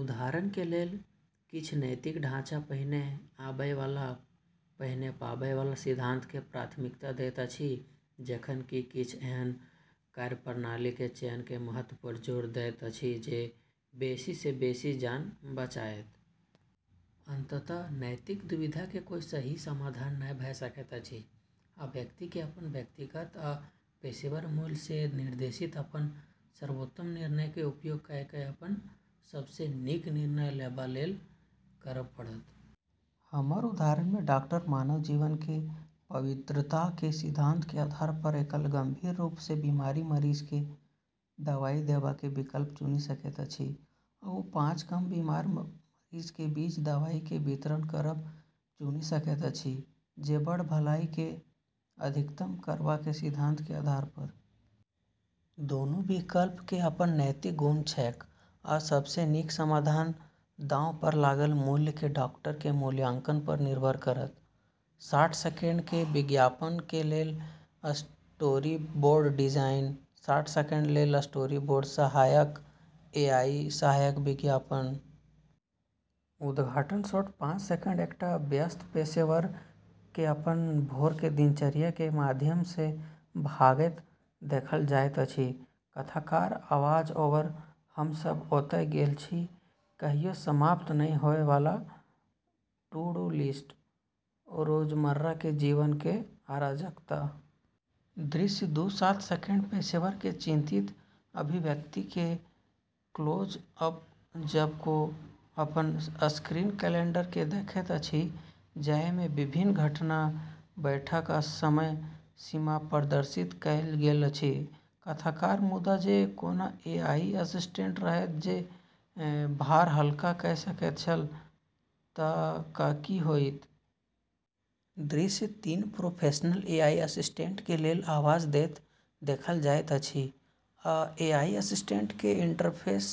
उदाहरण के लेल, किछ नैतिक ढाँचा पहिने आबय वाला, पहिने पाबय वाला सिद्धांत के प्राथमिकता दैत अछि, जखन कि किछ एहन कार्यप्रणाली के चयन के महत्व पर जोर दैत अछि जे बेसी सँ बेसी जान बचाएत। अंततः, नैतिक दुविधा के कोय सही समाधान नहि भ सकैत अछि, आ व्यक्ति के अपन व्यक्तिगत आ पेशेवर मूल्य सँ निर्देशित अपन सर्वोत्तम निर्णय के उपयोग कए कए अपन सबसँ नीक निर्णय लेबा लेल करब पड़त। हमर उदाहरण मे डाक्टर मानव जीवन के पवित्रता के सिद्धांत के आधार पर एकल गंभीर रूप सँ बीमार मरीज के दवाई देबाक विकल्प चुनी सकैत अछि, या ओ पाँच कम बीमार मरीज के बीच दवाई के वितरण करब चुनी सकैत अछि, जे बड़ भलाई के अधिकतम करबाक सिद्धांत के आधार पर। दूनू विकल्प के अपन नैतिक गुण छैक, आ सबसँ नीक समाधान दांव पर लागल मूल्य के डाक्टर के मूल्यांकन पर निर्भर करत। साठ सेकेंड के विज्ञापन के लेल स्टोरीबोर्ड डिजाइन। साठ सेकंड के लेल स्टोरीबोर्ड सहायक एआई सहायक विज्ञापन। उद्घाटन शॉट पाँच सेकंड एकटा व्यस्त पेशेवर के अपन भोर के दिनचर्या के माध्यम सँ भागैत देखल जाइत अछि। कथाकार आवाज-ओवर हम सब ओतय गेल छी, कहियो समाप्त नहि होय वाला टू-डू लिस्ट, रोजमर्रा के जीवन के अराजकता। दृश्य दू सात सेकंड पेशेवर के चिंतित अभिव्यक्ति के क्लोज अप जब ओ अपन स्क्रीन कैलेंडर के देखैत अछि जाहि मे विभिन्न घटना, बैठक आ समय सीमा प्रदर्शित कएल गेल अछि। कथाकार मुदा जँ कोनो एआई असिस्टेंट रहैत जे भार हल्का कए सकैत छल त क की होइत। दृश्य तीन प्रोफेशनल एआई असिस्टेंट के लेल आवाज दैत देखल जाइत अछि आ एआई असिस्टेंट के इंटरफेस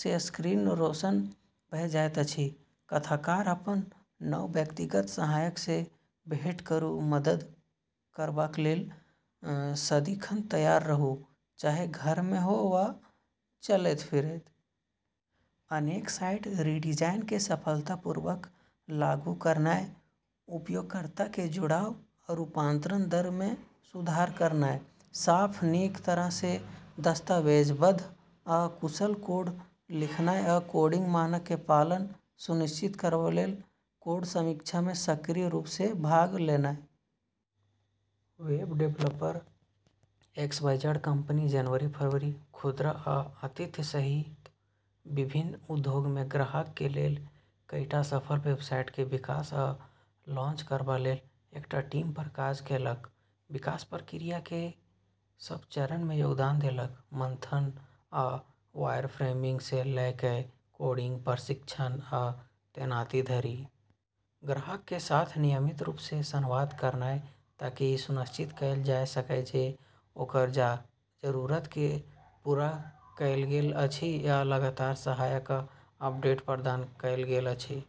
सँ स्क्रीन रोशन भ जाइत अछि। कथाकार अपन नव व्यक्तिगत सहायक सँ भेंट करू मदद करबाक लेल सदिखन तैयार रहू, चाहे घर मे हो वा चलैत-फिरैत। अनेक साइट रीडिजाइन के सफलतापूर्वक लागू करनाय, उपयोगकर्ता के जुड़ाव आ रूपांतरण दर मे सुधार करनाय। साफ, नीक तरह सँ दस्तावेजबद्ध, आ कुशल कोड लिखनाय आ कोडिंग मानक के पालन सुनिश्चित करबा लेल कोड समीक्षा मे सक्रिय रूप सँ भाग लेनाय। वेब डेवलपर, एक्सवाईजेड कंपनी जनवरी फरवरी। खुदरा आ आतिथ्य सहित विभिन्न उद्योग मे ग्राहक के लेल कईटा सफल वेबसाइट के विकास आ लॉन्च करबा लेल एकटा टीम पर काज केलक। विकास प्रक्रिया के सब चरण मे योगदान देलक, मंथन आ वायरफ्रेमिंग सँ लए कए कोडिंग, परीक्षण, आ तैनाती धरि। ग्राहक के साथ नियमित रूप सँ संवाद करनाय ताकि ई सुनिश्चित कएल जा सकए जे ओकर जरूरत के पूरा कएल गेल अछि आ लगातार सहायता आ अपडेट प्रदान कएल गेल अछि।